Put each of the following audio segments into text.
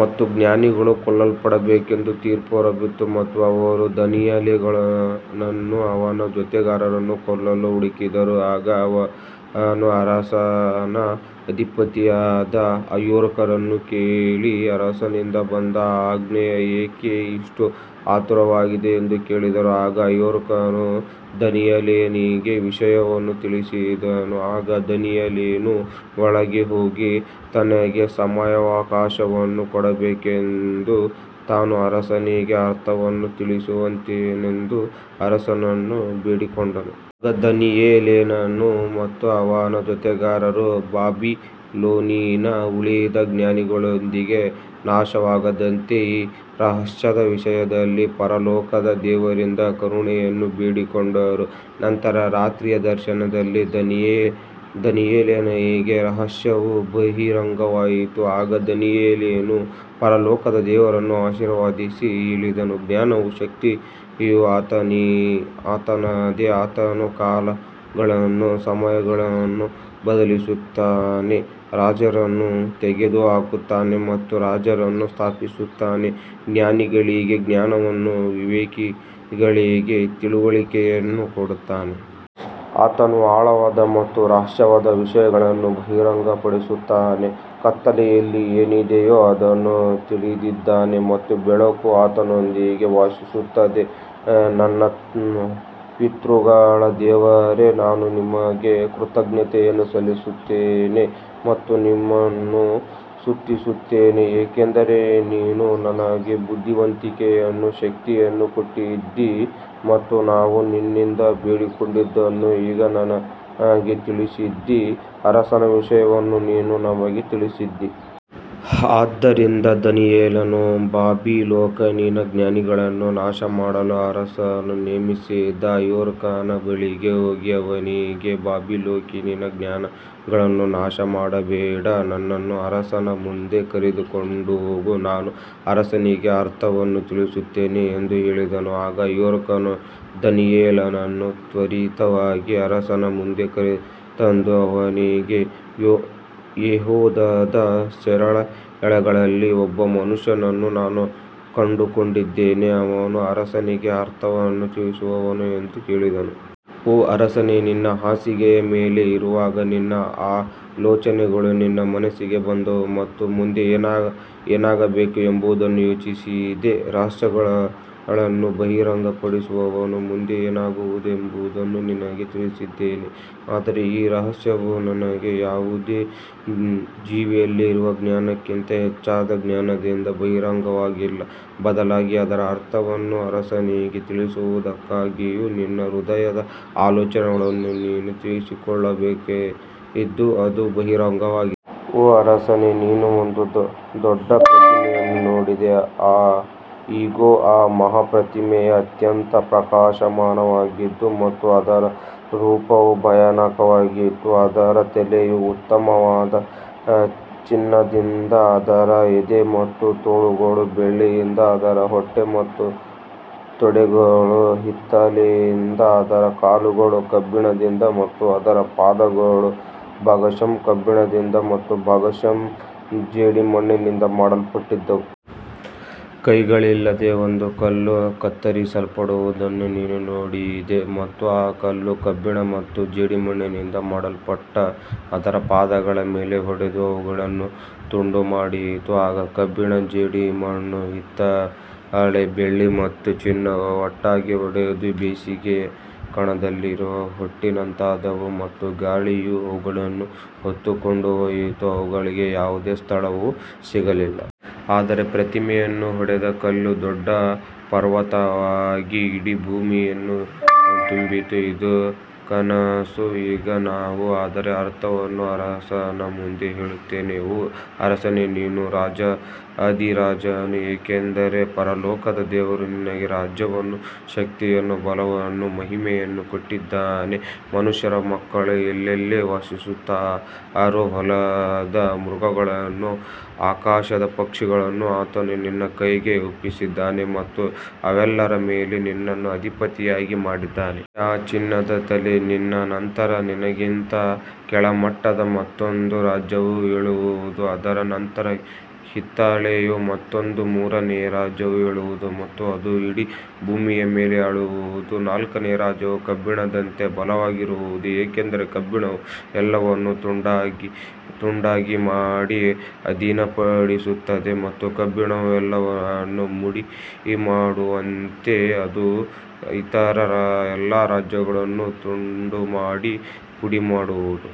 ಮತ್ತು ಜ್ಞಾನಿಗಳು ಕೊಲ್ಲಲ್ಪಡಬೇಕೆಂದು ತೀರ್ಪು ಹೊರಬಿತ್ತು ಮತ್ತು ಅವರು ದಾನಿಯೇಲನನ್ನೂ ಅವನ ಜೊತೆಗಾರರನ್ನೂ ಕೊಲ್ಲಲು ಹುಡುಕಿದರು. ಆಗ ಅವನು ಅರಸನ ಅಧಿಪತಿಯಾದ ಅರ್ಯೋಕನನ್ನು ಕೇಳಿ, ಅರಸನಿಂದ ಬಂದ ಈ ಆಜ್ಞೆಯು ಏಕೆ ಇಷ್ಟು ಆತುರವಾಗಿದೆ ಎಂದು ಕೇಳಿದನು. ಆಗ ಅರ್ಯೋಕನು ದಾನಿಯೇಲನಿಗೆ ವಿಷಯವನ್ನು ತಿಳಿಸಿದನು. ಆಗ ದಾನಿಯೇಲನು ಒಳಗೆ ಹೋಗಿ, ತನಗೆ ಸಮಯಾವಕಾಶವನ್ನು ಕೊಡಬೇಕೆಂದೂ ತಾನು ಅರಸನಿಗೆ ಅರ್ಥವನ್ನು ತಿಳಿಸುವೆನೆಂದೂ ಅರಸನನ್ನು ಬೇಡಿಕೊಂಡನು. ಆಗ ದಾನಿಯೇಲನು ಮತ್ತು ಅವನ ಜೊತೆಗಾರರು ಬಾಬಿಲೋನಿನ ಉಳಿದ ಜ್ಞಾನಿಗಳೊಂದಿಗೆ ನಾಶವಾಗದಂತೆ ಈ ರಹಸ್ಯದ ವಿಷಯದಲ್ಲಿ ಪರಲೋಕದ ದೇವರಿಂದ ಕರುಣೆಯನ್ನು ಬೇಡಿಕೊಂಡರು. ನಂತರ ರಾತ್ರಿಯ ದರ್ಶನದಲ್ಲಿ ದಾನಿಯೇಲನಿಗೆ ರಹಸ್ಯವು ಬಹಿರಂಗವಾಯಿತು. ಆಗ ದಾನಿಯೇಲನು ಪರಲೋಕದ ದೇವರನ್ನು ಆಶೀರ್ವದಿಸಿ ಹೇಳಿದನು, ಜ್ಞಾನವೂ ಶಕ್ತಿಯೂ ಆತನದೇ, ಆತನು ಕಾಲಗಳನ್ನೂ ಸಮಯಗಳನ್ನೂ ಬದಲಿಸುತ್ತಾನೆ, ರಾಜರನ್ನು ತೆಗೆದುಹಾಕುತ್ತಾನೆ ಮತ್ತು ರಾಜರನ್ನು ಸ್ಥಾಪಿಸುತ್ತಾನೆ, ಜ್ಞಾನಿಗಳಿಗೆ ಜ್ಞಾನವನ್ನೂ ವಿವೇಕಿಗಳಿಗೆ ತಿಳುವಳಿಕೆಯನ್ನೂ ಕೊಡುತ್ತಾನೆ. ಆತನು ಆಳವಾದ ಮತ್ತು ರಹಸ್ಯವಾದ ವಿಷಯಗಳನ್ನು ಬಹಿರಂಗಪಡಿಸುತ್ತಾನೆ, ಕತ್ತಲೆಯಲ್ಲಿ ಏನಿದೆಯೋ ಅದನ್ನು ತಿಳಿದಿದ್ದಾನೆ ಮತ್ತು ಬೆಳಕು ಆತನೊಂದಿಗೆ ವಾಸಿಸುತ್ತದೆ. ನನ್ನ ಪಿತೃಗಳ ದೇವರೇ, ನಾನು ನಿನಗೆ ಕೃತಜ್ಞತೆಯನ್ನು ಸಲ್ಲಿಸುತ್ತೇನೆ ಮತ್ತು ನಿನ್ನನ್ನು ಸ್ತುತಿಸುತ್ತೇನೆ, ಏಕೆಂದರೆ ನೀನು ನನಗೆ ಬುದ್ಧಿವಂತಿಕೆಯನ್ನೂ ಶಕ್ತಿಯನ್ನೂ ಕೊಟ್ಟಿದ್ದೀ ಮತ್ತು ನಾವು ನಿನ್ನಿಂದ ಬೇಡಿಕೊಂಡದ್ದನ್ನು ಈಗ ನನಗೆ ತಿಳಿಸಿದ್ದೀ, ಅರಸನ ವಿಷಯವನ್ನು ನೀನು ನಮಗೆ ತಿಳಿಸಿದ್ದೀ. ಆದ್ದರಿಂದ ದಾನಿಯೇಲನು ಬಾಬಿಲೋನಿನ ಜ್ಞಾನಿಗಳನ್ನು ನಾಶಮಾಡಲು ಅರಸನು ನೇಮಿಸಿದ್ದ ಅರ್ಯೋಕನ ಬಳಿಗೆ ಹೋಗಿ ಅವನಿಗೆ, ಬಾಬಿಲೋನಿನ ಜ್ಞಾನಿಗಳನ್ನು ನಾಶಮಾಡಬೇಡ, ನನ್ನನ್ನು ಅರಸನ ಮುಂದೆ ಕರೆದುಕೊಂಡು ಹೋಗು, ನಾನು ಅರಸನಿಗೆ ಅರ್ಥವನ್ನು ತಿಳಿಸುತ್ತೇನೆ ಎಂದು ಹೇಳಿದನು. ಆಗ ಅರ್ಯೋಕನು ದಾನಿಯೇಲನನ್ನು ತ್ವರಿತವಾಗಿ ಅರಸನ ಮುಂದೆ ಕರೆತಂದು ಅವನಿಗೆ, ಯೆಹೂದದ ಸೆರೆಯಾಳುಗಳಲ್ಲಿ ಒಬ್ಬ ಮನುಷ್ಯನನ್ನು ನಾನು ಕಂಡುಕೊಂಡಿದ್ದೇನೆ, ಅವನು ಅರಸನಿಗೆ ಅರ್ಥವನ್ನು ತಿಳಿಸುವನು ಎಂದು ಹೇಳಿದನು. ಓ ಅರಸನೇ, ನಿನ್ನ ಹಾಸಿಗೆಯ ಮೇಲೆ ಇರುವಾಗ ನಿನ್ನ ಆಲೋಚನೆಗಳು ನಿನ್ನ ಮನಸ್ಸಿಗೆ ಬಂದವು ಮತ್ತು ಮುಂದೆ ಏನಾಗಬೇಕು ಎಂಬುದನ್ನು ಯೋಚಿಸಿದೆ. ರಹಸ್ಯಗಳನ್ನು ಬಹಿರಂಗಪಡಿಸುವವನು ಮುಂದೆ ಏನಾಗುವುದೆಂಬುದನ್ನು ನಿನಗೆ ತಿಳಿಸಿದ್ದಾನೆ. ಆದರೆ ಈ ರಹಸ್ಯವು ನನಗೆ ಯಾವುದೇ ಜೀವಿಯಲ್ಲಿರುವ ಜ್ಞಾನಕ್ಕಿಂತ ಹೆಚ್ಚಾದ ಜ್ಞಾನದಿಂದ ಬಹಿರಂಗವಾಗಿಲ್ಲ, ಬದಲಾಗಿ ಅದರ ಅರ್ಥವನ್ನು ಅರಸನಿಗೆ ತಿಳಿಸುವುದಕ್ಕಾಗಿಯೂ ನಿನ್ನ ಹೃದಯದ ಆಲೋಚನೆಗಳನ್ನು ನೀನು ತಿಳಿದುಕೊಳ್ಳುವುದಕ್ಕಾಗಿಯೂ ಅದು ಬಹಿರಂಗವಾಗಿದೆ. ಓ ಅರಸನೇ, ನೀನು ಒಂದು ದೊಡ್ಡ ಪ್ರತಿಮೆಯನ್ನು ನೋಡಿದೆ. ಇಗೋ, ಆ ಮಹಾ ಪ್ರತಿಮೆಯು ಅತ್ಯಂತ ಪ್ರಕಾಶಮಾನವಾಗಿತ್ತು ಮತ್ತು ಅದರ ರೂಪವು ಭಯಾನಕವಾಗಿತ್ತು. ಅದರ ತಲೆಯು ಉತ್ತಮವಾದ ಚಿನ್ನದಿಂದ, ಅದರ ಎದೆ ಮತ್ತು ತೋಳುಗಳು ಬೆಳ್ಳಿಯಿಂದ, ಅದರ ಹೊಟ್ಟೆ ಮತ್ತು ತೊಡೆಗಳು ಹಿತ್ತಾಳೆಯಿಂದ, ಅದರ ಕಾಲುಗಳು ಕಬ್ಬಿಣದಿಂದ ಮತ್ತು ಅದರ ಪಾದಗಳು ಭಾಗಶಃ ಕಬ್ಬಿಣದಿಂದ ಮತ್ತು ಭಾಗಶಃ ಜೇಡಿಮಣ್ಣಿನಿಂದ ಮಾಡಲ್ಪಟ್ಟಿದ್ದವು. ಕೈಗಳಿಲ್ಲದೆ ಒಂದು ಕಲ್ಲು ಕತ್ತರಿಸಲ್ಪಡುವುದನ್ನು ನೀನು ನೋಡಿದೆ ಮತ್ತು ಆ ಕಲ್ಲು ಕಬ್ಬಿಣ ಮತ್ತು ಜೇಡಿಮಣ್ಣಿನಿಂದ ಮಾಡಲ್ಪಟ್ಟ ಅದರ ಪಾದಗಳ ಮೇಲೆ ಹೊಡೆದು ಅವುಗಳನ್ನು ತುಂಡುಮಾಡಿತು. ಆಗ ಕಬ್ಬಿಣ, ಜೇಡಿಮಣ್ಣು, ಹಿತ್ತಾಳೆ, ಬೆಳ್ಳಿ ಮತ್ತು ಚಿನ್ನವು ಒಟ್ಟಾಗಿ ಒಡೆದು ಬೇಸಿಗೆಯ ಕಣದಲ್ಲಿರುವ ಹೊಟ್ಟಿನಂತಾದವು ಮತ್ತು ಗಾಳಿಯು ಅವುಗಳನ್ನು ಹೊತ್ತುಕೊಂಡು ಹೋಯಿತು, ಅವುಗಳಿಗೆ ಯಾವುದೇ ಸ್ಥಳವು ಸಿಗಲಿಲ್ಲ. ಆದರೆ ಪ್ರತಿಮೆಯನ್ನು ಹೊಡೆದ ಕಲ್ಲು ದೊಡ್ಡ ಪರ್ವತವಾಗಿ ಇಡೀ ಭೂಮಿಯನ್ನು ತುಂಬಿತು. ಇದು ಕನಸು. ಈಗ ನಾವು ಅದರ ಅರ್ಥವನ್ನು ಅರಸನ ಮುಂದೆ ಹೇಳುತ್ತೇವೆ. ಓ ಅರಸನೇ, ನೀನು ರಾಜಾಧಿರಾಜನು, ಏಕೆಂದರೆ ಪರಲೋಕದ ದೇವರು ನಿನಗೆ ರಾಜ್ಯವನ್ನೂ ಶಕ್ತಿಯನ್ನೂ ಬಲವನ್ನೂ ಮಹಿಮೆಯನ್ನೂ ಕೊಟ್ಟಿದ್ದಾನೆ. ಮನುಷ್ಯರ ಮಕ್ಕಳು ಎಲ್ಲೆಲ್ಲಿ ವಾಸಿಸುತ್ತಾರೋ, ಹೊಲದ ಮೃಗಗಳನ್ನೂ ಆಕಾಶದ ಪಕ್ಷಿಗಳನ್ನೂ ಆತನು ನಿನ್ನ ಕೈಗೆ ಒಪ್ಪಿಸಿದ್ದಾನೆ ಮತ್ತು ಅವೆಲ್ಲದರ ಮೇಲೆ ನಿನ್ನನ್ನು ಅಧಿಪತಿಯಾಗಿ ಮಾಡಿದ್ದಾನೆ. ನೀನೇ ಆ ಚಿನ್ನದ ತಲೆ. ನಿನ್ನ ನಂತರ ನಿನಗಿಂತ ಕೆಳಮಟ್ಟದ ಮತ್ತೊಂದು ರಾಜ್ಯವು ಏಳುವುದು, ಅದರ ನಂತರ ಹಿತ್ತಾಳೆಯ ಮತ್ತೊಂದು ಮೂರನೆಯ ರಾಜ್ಯವು ಏಳುವುದು ಮತ್ತು ಅದು ಇಡೀ ಭೂಮಿಯ ಮೇಲೆ ಆಳುವುದು. ನಾಲ್ಕನೆಯ ರಾಜ್ಯವು ಕಬ್ಬಿಣದಂತೆ ಬಲವಾಗಿರುವುದು, ಏಕೆಂದರೆ ಕಬ್ಬಿಣವು ಎಲ್ಲವನ್ನೂ ತುಂಡುಮಾಡಿ ಅಧೀನಪಡಿಸುತ್ತದೆ ಮತ್ತು ಕಬ್ಬಿಣವು ಎಲ್ಲವನ್ನೂ ಪುಡಿಮಾಡುವಂತೆ ಅದು ಇತರ ಎಲ್ಲ ರಾಜ್ಯಗಳನ್ನು ತುಂಡುಮಾಡಿ ಪುಡಿಮಾಡುವುದು.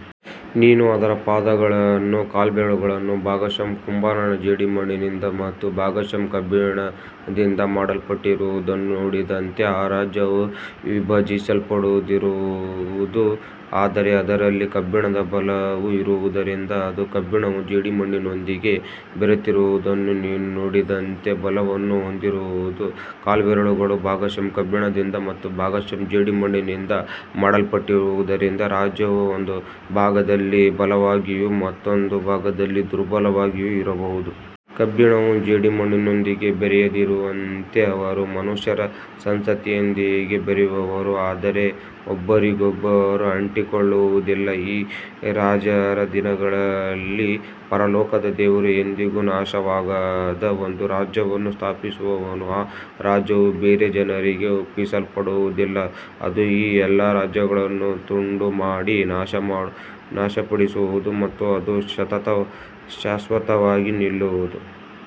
ನೀನು ಅದರ ಪಾದಗಳನ್ನೂ ಕಾಲ್ಬೆರಳುಗಳನ್ನೂ ಭಾಗಶಃ ಕುಂಬಾರನ ಜೇಡಿಮಣ್ಣಿನಿಂದ ಮತ್ತು ಭಾಗಶಃ ಕಬ್ಬಿಣದಿಂದ ಮಾಡಲ್ಪಟ್ಟಿರುವುದನ್ನು ನೋಡಿದಂತೆ, ಆ ರಾಜ್ಯವು ವಿಭಜಿಸಲ್ಪಟ್ಟಿರುವುದು. ಆದರೆ ಅದರಲ್ಲಿ ಕಬ್ಬಿಣದ ಬಲವು ಇರುವುದರಿಂದ ಅದು ಕಬ್ಬಿಣವು ಜೇಡಿಮಣ್ಣಿನೊಂದಿಗೆ ಬೆರೆತಿರುವುದನ್ನು ನೀನು ನೋಡಿದಂತೆ ಬಲವನ್ನು ಹೊಂದಿರುವುದು. ಕಾಲ್ಬೆರಳುಗಳು ಭಾಗಶಃ ಕಬ್ಬಿಣದಿಂದ ಮತ್ತು ಭಾಗಶಃ ಜೇಡಿಮಣ್ಣಿನಿಂದ ಮಾಡಲ್ಪಟ್ಟಿರುವುದರಿಂದ ರಾಜ್ಯವು ಒಂದು ಭಾಗದಲ್ಲಿ ಬಲವಾಗಿಯೂ ಮತ್ತೊಂದು ಭಾಗದಲ್ಲಿ ದುರ್ಬಲವಾಗಿಯೂ ಇರುವದು. ಕಬ್ಬಿಣವು ಜೇಡಿಮಣ್ಣಿನೊಂದಿಗೆ ಬೆರೆಯದಿರುವಂತೆ ಅವರು ಮನುಷ್ಯರ ಸಂತತಿಯೊಂದಿಗೆ ಬೆರೆಯುವರು, ಆದರೆ ಒಬ್ಬರಿಗೊಬ್ಬರು ಅಂಟಿಕೊಳ್ಳುವುದಿಲ್ಲ. ಈ ರಾಜರ ದಿನಗಳಲ್ಲಿ ಪರಲೋಕದ ದೇವರು ಎಂದಿಗೂ ನಾಶವಾಗದ ಒಂದು ರಾಜ್ಯವನ್ನು ಸ್ಥಾಪಿಸುವನು. ಆ ರಾಜ್ಯವು ಬೇರೆ ಜನರಿಗೆ ಒಪ್ಪಿಸಲ್ಪಡುವುದಿಲ್ಲ. ಅದು ಈ ಎಲ್ಲಾ ರಾಜ್ಯಗಳನ್ನು ತುಂಡುಮಾಡಿ ನಾಶಪಡಿಸುವುದು ಮತ್ತು ಅದು ಶಾಶ್ವತವಾಗಿ ನಿಲ್ಲುವುದು.